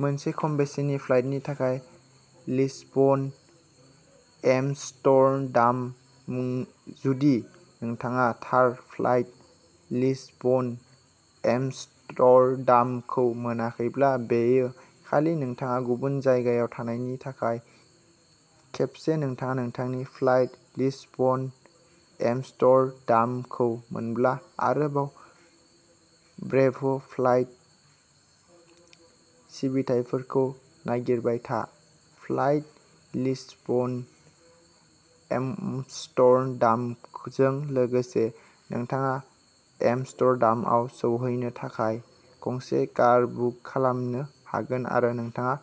मोनसे खम बेसेननि फ्लाइटनि थाखाय लिसबन एम्स्टर्डाम। जुदि नोंथाङा थार फ्लाइट लिसबन-एम्स्टर्डामखौ मोनाखैब्ला, बेयो खालि नोंथाङा गुबुन जायगायाव थानायनि थाखाय खेबसे नोंथाङा नोंथांनि फ्लाइट लिसबन-एम्स्टर्डामखौ मोनब्ला, आरोबाव ब्रेभ'फ्लाइ सिबिथाइफोरखौ नागिरबाय था। फ्लाइट लिसबन-एम्स्टर्डामजों लोगोसे, नोंथाङा एम्स्टर्डामआव सौहैनो थाखाय गंसे कार बुक खालामनो हागोन आरो नोंथाङा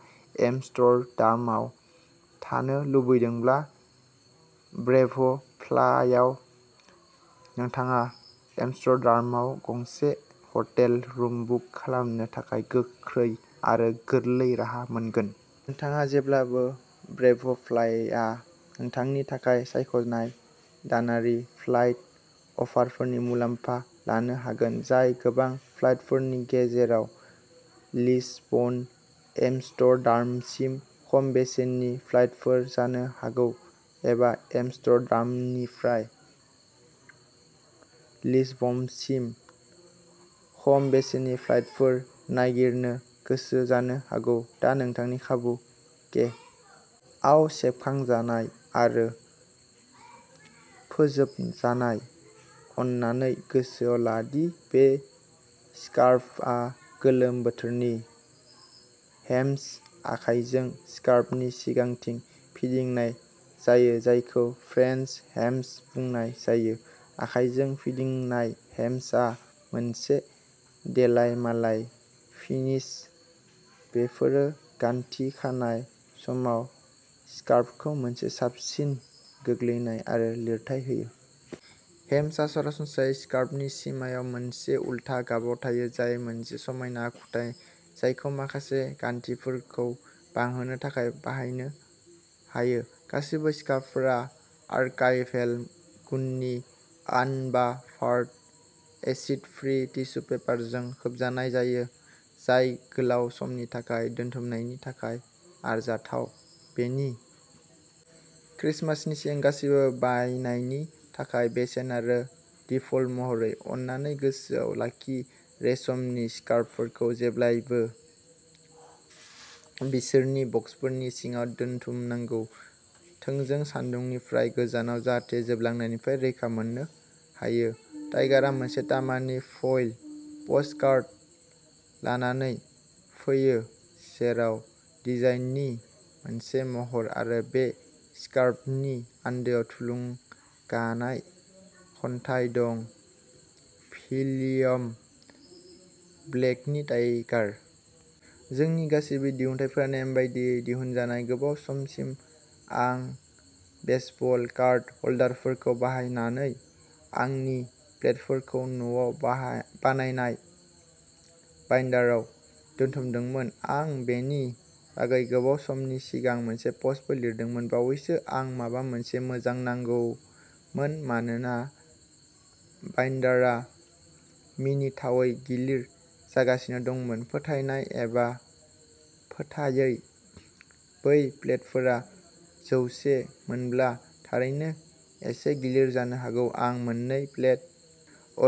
एम्स्टर्डामाव थानो लुबैदोंब्ला, ब्रेभ'फ्लायाव नोंथाङा एम्स्टर्डामआव गंसे हटेल रुम बुक खालामनो थाखाय गोख्रै आरो गोरलै राहा मोनगोन। नोंथाङा जेब्लाबो ब्रेभ'फ्लाइआ नोंथांनि थाखाय सायख'नाय दानारि फ्लाइट अफारफोरनि मुलाम्फा लानो हागोन, जाय गोबां फ्लाइटफोरनि गेजेराव लिसबन-एम्स्टर्डामसिम खम बेसेननि फ्लाइटफोर जानो हागौ एबा एम्स्टर्डामनिफ्राय लिसबनसिम खम बेसेननि फ्लाइटफोर नागिरनो गोसो जानो हागौ, दा नोंथांनि खाबु के. आव सेबखांजानाय आरो फोजोबजानाय। अननानै गोसोआव ला दि बे स्कार्फआ गोलोम बोथोरनि। हेम्स आखायजों स्कार्फनि सिगांथिं फिदिंनाय जायो जायखौ "फ्रेन्स हेम्स" बुंनाय जायो। आखाइजों फिदिंनाय हेम्सआ मोनसे देलायमालाय फिनिश बेफोरो गानथि खानाय समाव स्कार्फखौ मोनसे साबसिन गोग्लैनाय आरो लिरथाय होयो। हेम्सआ सरासनस्रायै स्कार्फनि सिमायाव मोनसे उल्था गाबाव थायो, जाय मोनसे समायना आखुथाय जायखौ माखासे गानथिफोरखौ बांहोनो थाखाय बाहायनो हायो। गासैबो स्कार्फफोरा आर्काइभेल गुननि आनबाफार्ड एसिड फ्रि टिसु पेपारजों खोबजानाय जायो जाय गोलाव समनि थाखाय दोनथुमनायनि थाखाय आरजाथाव। बेनि ख्रिसमासनि सिगां गासैबो बायनायनि थाखाय बेसेन आरो दिफल्ट महरै। अन्नानै गोसोआव लाखि रेसमनि स्कार्फफोरखौ जेब्लाबो बिसोरनि बक्सफोरनि सिङाव दोनथुमनांगौ थोंजों सानदुंनिफ्राय गोजानाव जाहाथे जोबलांनायनिफ्राय रैखा मोननो हायो। टाइगारआ मोनसे तामानि फयल प'स्टकार्ड लानानै फैयो जेराव डिजाइननि मोनसे महर आरो बे स्कार्फनि आन्दोआव थुलुंगानाय खन्थाइ दं भिलियम ब्लेकनि टाइगार। जोंनि गासैबो दिहुनथायफोरा नेम बायदियै दिहुनजानाय। गोबाव समसिम आं बेसबल कार्ड ह'ल्डारफोरखौ बाहायनानै आंनि प्लेटफोरखौ न'आव बानायनाय बाइन्डाराव दोनथुमदोंमोन। आं बेनि बागै गोबाव समनि सिगां मोनसे प'स्टबो लिरदोंमोन। बावैसो आं माबा मोनसे मोजां नांगौमोन मानोना बाइन्डारआ मिनिथावै गिलिर जागासिनो दंमोन फोथायनाय एबा फोथायै बै प्लेटफोरा जौसे मोनब्ला थारैनो एसे गिलिर जानो हागौ आं मोननै प्लेट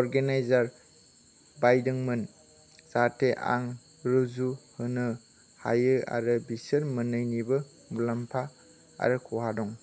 अर्गेनाइजार बायदोंमोन जाहाथे आं रुजुहोनो हायो आरो बिसोर मोननैनिबो मुलाम्फा आरो खहा दं।